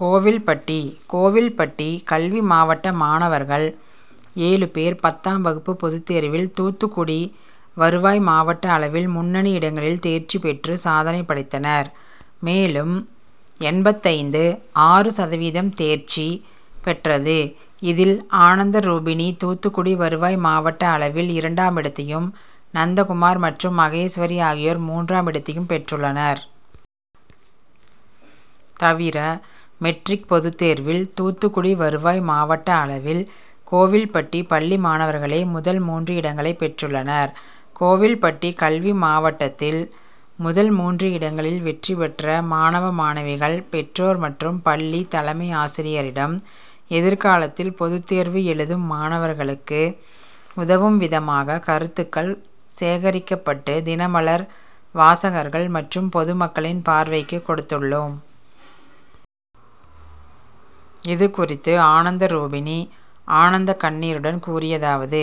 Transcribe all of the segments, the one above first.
கோவில்பட்டி, கோவில்பட்டி கல்வி மாவட்ட மாணவர்கள் ஏழுபேர் பத்தாம் வகுப்பு பொதுத்தேர்வில் தூத்துக்குடி வருவாய் மாவட்ட அளவில் முன்னணி இடங்களில் தேர்ச்சி பெற்று சாதனை படைத்தனர். மேலும் எண்பத்தைந்து.ஆறு சதவீதம் தேர்ச்சி பெற்றது. இதில் ஆனந்தரூபிணி தூத்துக்குடி வருவாய் மாவட்ட அளவில் இரண்டாமிடத்தையும், நந்தகுமார் மற்றும் மகேஸ்வரி ஆகியோர் மூன்றாமிடத்தையும் பெற்றுள்ளனர். தவிர மெட்ரிக் பொதுத்தேர்வில் தூத்துக்குடி வருவாய் மாவட்ட அளவில் கோவில்பட்டி பள்ளி மாணவர்களே முதல் மூன்று இடங்களை பெற்றுள்ளனர். கோவில்பட்டி கல்வி மாவட்டத்தில் முதல் மூன்று இடங்களில் வெற்றி பெற்ற மாணவ மாணவிகள், பெற்றோர் மற்றும் பள்ளி தலைமை ஆசிரியரிடம் எதிர்காலத்தில் பொதுத்தேர்வு எழுதும் மாணவர்களுக்கு உதவும் விதமாக கருத்துக்கள் சேகரிக்கப்பட்டு தினமலர் வாசகர்கள் மற்றும் பொதுமக்களின் பார்வைக்கு கொடுத்துள்ளோம். இதுகுறித்து ஆனந்தரூபிணி ஆனந்தக்கண்ணீருடன் கூறியதாவது,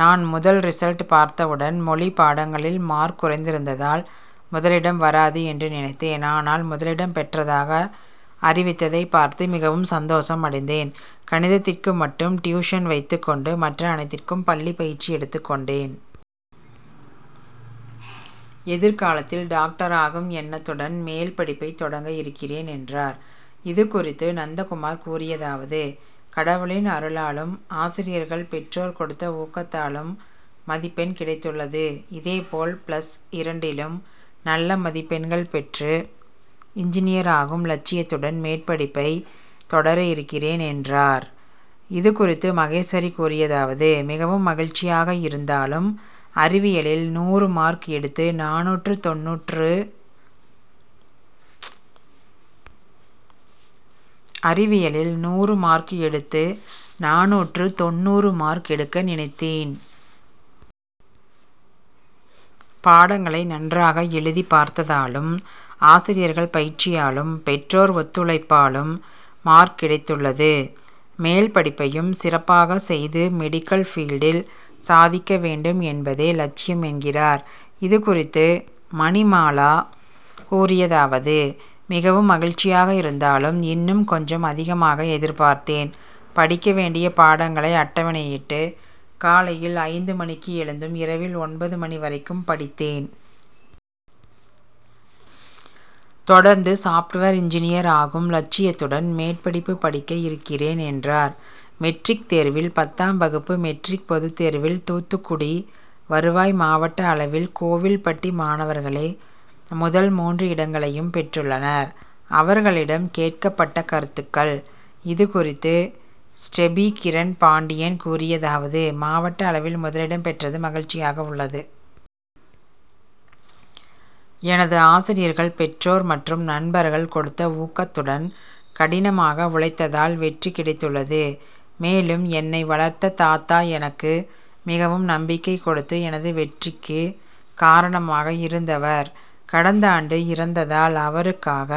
நான் முதலில் ரிசல்ட் பார்த்தவுடன் மொழிப்பாடங்களில் மார்க் குறைந்திருந்ததால் முதலிடம் வராது என்று நினைத்தேன். ஆனால் முதலிடம் பெற்றதாக அறிவித்ததை பார்த்து மிகவும் சந்தோஷம் அடைந்தேன். கணிதத்திற்கு மட்டும் டியூசன் வைத்துக் கொண்டு மற்ற அனைத்திற்கும் பள்ளி பயிற்சி எடுத்துக் கொண்டேன். எதிர்காலத்தில் டாக்டர் ஆகும் எண்ணத்துடன் மேல்படிப்பை தொடங்க இருக்கிறேன் என்றார். இதுகுறித்து நந்தகுமார் கூறியதாவது, கடவுளின் அருளாளும், ஆசிரியர்கள், பெற்றோர் கொடுத்த ஊக்கத்தாலும் மதிப்பெண் கிடைத்துள்ளது. இதேபோல் பிளஸ் இரண்டிலும் நல்ல மதிப்பெண்கள் பெற்று இன்ஜினியர் ஆகும் லட்சியத்துடன் மேற்படிப்பை தொடர இருக்கிறேன் என்றார். இதுகுறித்து மகேஸ்வரி கூறியதாவது, மிகவும் மகிழ்ச்சியாக இருந்தாலும் அறிவியலில் நூறு மார்க் எடுத்து நானூற்று தொண்ணூறு மார்க் எடுக்க நினைத்தேன். பாடங்களை நன்றாக எழுதிப்பார்த்ததாலும், ஆசிரியர்கள் பயிற்சியாலும், பெற்றோர் ஒத்துழைப்பாலும் மார்க் கிடைத்துள்ளது. மேல்படிப்பையும் சிறப்பாக செய்து மெடிக்கல் பீல்டில் சாதிக்க வேண்டும் என்பதே லட்சியம் என்கிறார். இதுகுறித்து மணிமாலா கூறியதாவது, மிகவும் மகிழ்ச்சியாக இருந்தாலும், இன்னும் கொஞ்சம் அதிகமாக எதிர்பார்த்தேன். படிக்க வேண்டிய பாடங்களை அட்டவணையிட்டு காலையில் ஐந்து மணிக்கு எழுந்தும், இரவில் ஒன்பது மணி வரைக்கும் படித்தேன். தொடர்ந்து சாப்ட்வேர் இன்ஜினியர் ஆகும் லட்சியத்துடன் மேற்படிப்பு படிக்க இருக்கிறேன் என்றார். மெட்ரிக் தேர்வில் பத்தாம் வகுப்பு மெட்ரிக் பொதுத்தேர்வில் தூத்துக்குடி வருவாய் மாவட்ட அளவில் கோவில்பட்டி மாணவர்களே முதல் மூன்று இடங்களையும் பெற்றுள்ளனர். அவர்களிடம் கேட்கப்பட்ட கருத்துக்கள். இதுகுறித்து ஸ்டெபி கிரண் பாண்டியன் கூறியதாவது, மாவட்ட அளவில் முதலிடம் பெற்றது மகிழ்ச்சியாக உள்ளது. எனது ஆசிரியர்கள், பெற்றோர் மற்றும் நண்பர்கள் கொடுத்த ஊக்கத்துடன் கடினமாக உழைத்ததால் வெற்றி கிடைத்துள்ளது. மேலும் என்னை வளர்த்த தாத்தா எனக்கு மிகவும் நம்பிக்கை கொடுத்து எனது வெற்றிக்கு காரணமாக இருந்தவர் கடந்தாண்டு இறந்ததால், அவருக்காக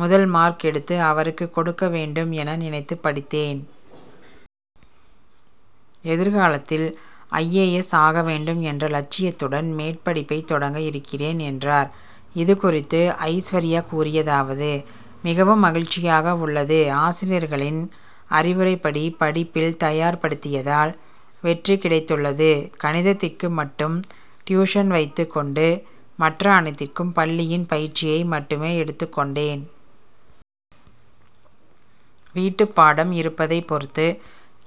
முதல்மார்க் எடுத்து அவருக்கு கொடுக்க வேண்டும் என நினைத்து படித்தேன். எதிர்காலத்தில் ஐஏஎஸ் ஆக வேண்டும் என்ற லட்சியத்துடன் மேற்படிப்பை தொடங்க இருக்கிறேன் என்றார். இதுகுறித்து ஐஸ்வர்யா கூறியதாவது, மிகவும் மகிழ்ச்சியாக உள்ளது. ஆசிரியர்களின் அறிவுரைப்படி படிப்பில் தயார் படுத்தியதால் வெற்றி கிடைத்துள்ளது. கணிதத்திற்கு மட்டும் டியூசன் வைத்துக் கொண்டு மற்ற அனைத்திற்கும் பள்ளியின் பயிற்சியை மட்டுமே எடுத்துக் கொண்டேன். வீட்டுப்பாடம் இருப்பதை பொறுத்து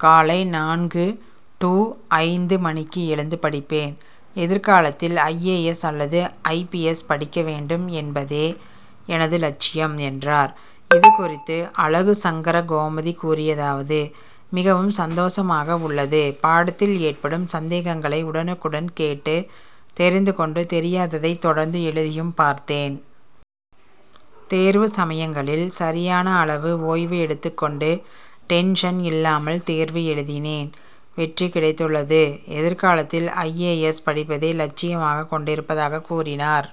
காலை நான்கு டூ ஐந்து மணிக்கு எழுந்து படிப்பேன். எதிர்காலத்தில் ஐஏஎஸ் அல்லது ஐபிஎஸ் படிக்க வேண்டும் என்பதே எனது லட்சியம் என்றார். இதுகுறித்து அழகுசங்கரகோமதி கூறியதாவது, மிகவும் சந்தோஷமாக உள்ளது. பாடத்தில் ஏற்படும் சந்தேகங்களை உடனுக்குடன் கேட்டு தெரிந்து கொண்டு, தெரியாததை தொடர்ந்து எழுதியும் பார்த்தேன். தேர்வு சமயங்களில் சரியான அளவு ஓய்வு எடுத்துக் கொண்டு டென்ஷன் இல்லாமல் தேர்வு எழுதினேன். வெற்றி கிடைத்துள்ளது. எதிர்காலத்தில் ஐஏஎஸ் படிப்பதே லட்சியமாக கொண்டிருப்பதாக கூறினார்.